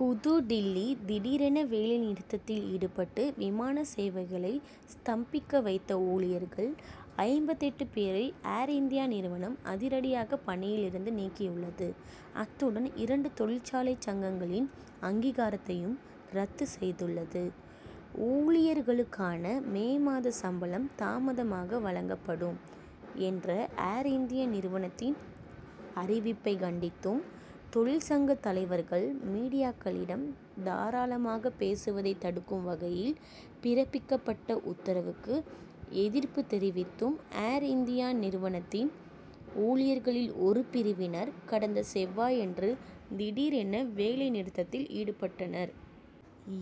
புதுடில்லி திடீரென வேலை நிறுத்தத்தில் ஈடுபட்டு விமான சேவைகளை ஸ்தம்பிக்க வைத்த ஊழியர்கள் ஐம்பத்தெட்டு பேரை, ஏர்-இந்தியா நிறுவனம் அதிரடியாக பணியிலிருந்து நீக்கியுள்ளது. அத்துடன் இரண்டு தொழிற்சாலை சங்கங்களின் அங்கீகாரத்தையும் ரத்து செய்துள்ளது. "ஊழியர்களுக்கான மே மாத சம்பளம் தாமதமாக வழங்கப்படும்' என்ற ஏர்-இந்தியா நிறுவனத்தின் அறிவிப்பை கண்டித்தும், தொழிற்சங்கத் தலைவர்கள் மீடியாக்களிடம் தாராளமாக பேசுவதை தடுக்கும் வகையில் பிறப்பிக்கப்பட்ட உத்தரவுக்கு எதிர்ப்பு தெரிவித்தும், ஏர் இந்தியா நிறுவனத்தின் ஊழியர்களில் ஒரு பிரிவினர் கடந்த செவ்வாயன்று திடீரென வேலை நிறுத்தத்தில் ஈடுபட்டனர்.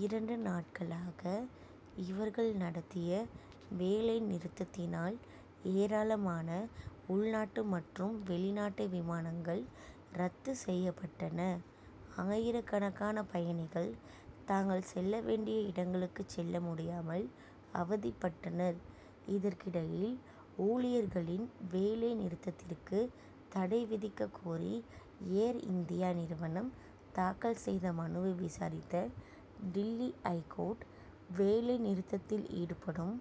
இரண்டு நாட்களாக இவர்கள் நடத் திய வேலை நிறுத்தத்தினால், ஏராளமான உள்நாட்டு மற்றும் வெளிநாட்டு விமானங்கள் ரத்து செய்யப்பட்டன. ஆயிரக்கணக்கான பயணிகள் தாங்கள் செல்ல வேண்டிய இடங்களுக்கு செல்ல முடியாமல் அவதிப்பட்டனர். இதற்கிடையில், ஊழியர்களின் வேலை நிறுத்தத்திற்கு தடை விதிக்கக் கோரி, ஏர் இந்தியா நிறுவனம் தாக்கல் செய்த மனுவை விசாரித்த டில்லி ஐகோர்ட், வேலை நிறுத்தத்தில் ஈடுபடும்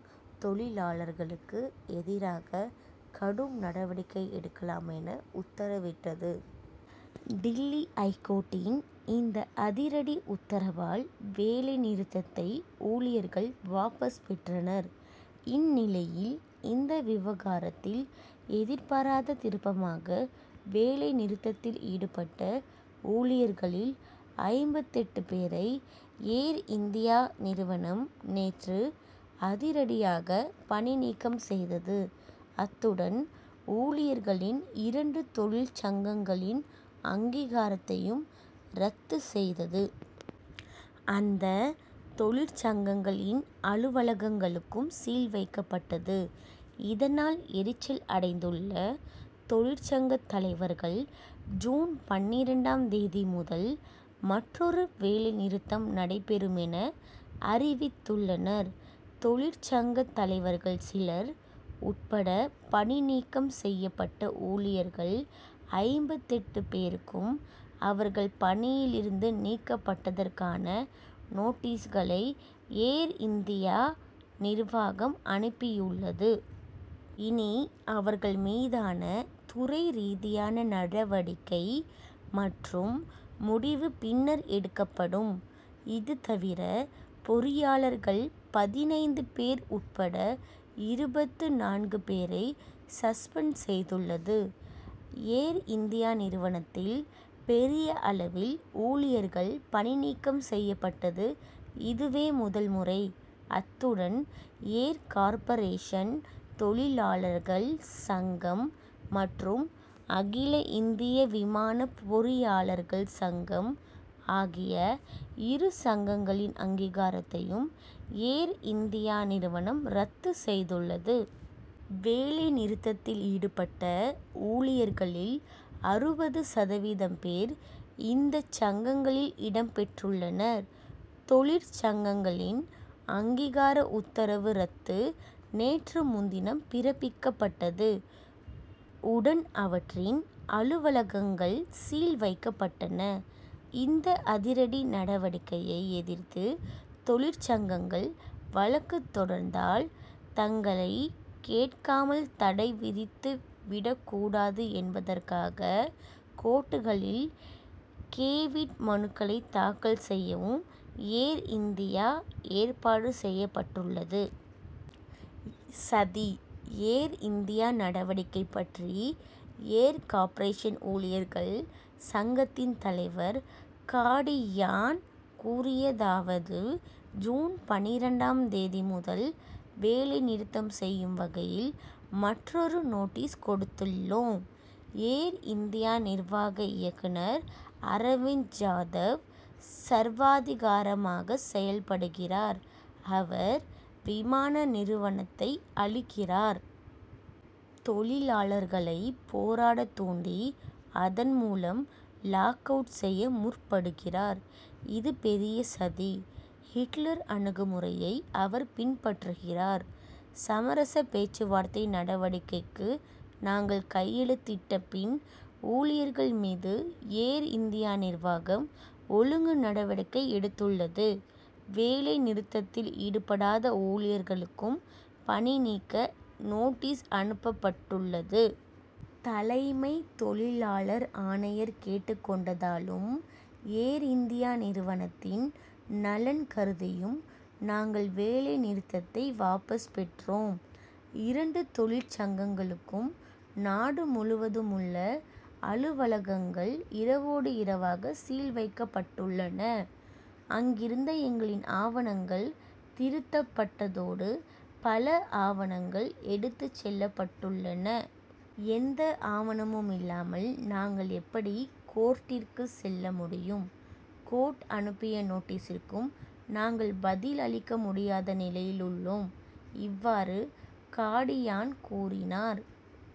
தொழிலாளர்களுக்கு எதிராக கடும் நடவடிக்கை எடுக்கலாம் என, உத்தரவிட்டது. டில்லி ஐகோர்ட்டின் இந்த அதிரடி உத்தரவால், வேலை நிறுத்தத்தை ஊழியர்கள் வாபஸ் பெற்றனர். இந்நிலையில், இந்த விவகாரத்தில் எதிர்பாராத திருப்பமாக, வேலை நிறுத்தத்தில் ஈடுபட்ட ஊழியர்களில் ஐம்பத்தெட்டு பேரை ஏர் இந்தியா நிறுவனம் நேற்று அதிரடியாக பணி நீக்கம் செய்தது. அத்துடன் ஊழியர்களின் இரண்டு தொழிற்சங்கங்களின் அங்கீகாரத்தையும் ரத்து செய்தது. அந்தத் தொழிற்சங்கங்களின் அலுவலகங்களுக்கும் சீல் வைக்கப்பட்டது. இதனால், எரிச்சல் அடைந்துள்ள தொழிற்சங்கத் தலைவர்கள், ஜூன் பன்னிரண்டாம் தேதி முதல் மற்றொரு வேலை நிறுத்தம் நடைபெறும் என, அறிவித்துள்ளனர். தொழிற்சங்கத் தலைவர்கள் சிலர் உட்பட பணி நீக்கம் செய்யப்பட்ட ஊழியர்கள் ஐம்பத்தெட்டு பேருக்கும், அவர்கள் பணியிலிருந்து நீக்கப்பட்டதற்கான நோட்டீஸ்களை ஏர் இந்தியா நிர்வாகம் அனுப்பியுள்ளது. இனி அவர்கள் மீதான துறைரீதியான நடவடிக்கை மற்றும் முடிவு பின்னர் எடுக்கப்படும். இதுதவிர பொறியாளர்கள் பதினைந்து பேர் உட்பட இருபத்து நான்கு பேரை சஸ்பெண்ட் செய்துள்ளது. ஏர் இந்தியா நிறுவனத்தில் பெரிய அளவில் ஊழியர்கள் பணிநீக்கம் செய்யப்பட்டது இதுவே முதல் முறை. அத்துடன் ஏர் கார்ப்பரேஷன் தொழிலாளர்கள் சங்கம் மற்றும் அகில இந்திய விமான பொறியாளர்கள் சங்கம் ஆகிய இரு சங்கங்களின் அங்கீகாரத்தையும் ஏர்- இந்தியா நிறுவனம் ரத்து செய்துள்ளது. வேலை நிறுத்தத்தில் ஈடுபட்ட ஊழியர்களில் அறுபது சதவீதம் பேர் இந்தச் சங்கங்களில் இடம் பெற்றுள்ளனர். தொழிற்சங்கங்களின் அங்கீகார உத்தரவு ரத்து நேற்று முன்தினம் பிறப்பிக்கப்பட்டது. உடன் அவற்றின் அலுவலகங்கள் சீல் வைக்கப்பட்டன. இந்த அதிரடி நடவடிக்கையை எதிர்த்து தொழிற்சங்கங்கள் வழக்கு தொடர்ந் தால், தங்களை கேட்காமல் தடை விதித்து விடக்கூடாது என்பதற்காக, கோர்ட்டுகளில் கேவிட் மனுக்களை தாக்கல் செய்யவும் ஏர் இந்தியா ஏற்பாடு செய்யப்பட்டுள்ளது. சதி: ஏர் இந்தியா நடவடிக்கை பற்றி ஏர் கார்ப்பரேஷன் ஊழியர்கள் சங்கத்தின் தலைவர் காடியான் கூறியதாவது: ஜூன் பன்னிரண்டாம் தேதி முதல் வேலை நிறுத்தம் செய்யும் வகையில், மற்றொரு நோட்டீஸ் கொடுத்துள்ளோம். ஏர் இந்தியா நிர்வாக இயக்குனர் அரவிந்த் ஜாதவ், சர்வாதிகாரமாக செயல்படுகிறார். அவர் விமான நிறுவனத்தை அழிக்கிறார். தொழிலாளர்களை போராடத் தூண்டி, அதன் மூலம் லாக்- அவுட் செய்ய முற்படுகிறார். இதுபெரிய சதி. ஹிட்லர் அணுகுமுறையை அவர் பின்பற்றுகிறார். சமரச பேச்சுவார்த்தை நடவடிக்கைக்கு நாங்கள் கையெழுத்திட்ட பின், ஊழியர்கள் மீது ஏர் இந்தியா நிர்வாகம் ஒழுங்கு நடவடிக்கை எடுத்துள்ளது. வேலை நிறுத்தத்தில் ஈடுபடாத ஊழியர்களுக்கும் பணி நீக்க நோட்டீஸ் அனுப்பப்பட்டுள்ளது. தலைமை தொழிலாளர் ஆணையர் கேட்டுக் கொண்டதாலும், ஏர் இந்தியா நிறுவனத்தின் நலன் கருதியும் நாங்கள் வேலை நிறுத்தத்தை வாபஸ் பெற்றோம். இரண்டு தொழிற்சங்கங்களுக்கும் நாடு முழுவதும் உள்ள அலுவலகங்கள் இரவோடு இரவாக "சீல்' வைக்கப்பட்டுள்ளன. அங்கிருந்த எங்களின் ஆவணங்கள் திருத்தப்பட்டதோடு, பல ஆணவங்கள் எடுத்துச் செல்லப்பட்டுள்ளன. எந்த ஆவணமும் இல்லாமல், நாங்கள் எப்படி கோர்ட்டிற்கு செல்ல முடியும். கோர்ட் அனுப்பிய நோட்டீசிற்கும் நாங்கள் பதில் அளிக்க முடியாத நிலையில் உள்ளோம். இவ்வாறு காடியான் கூறினார்.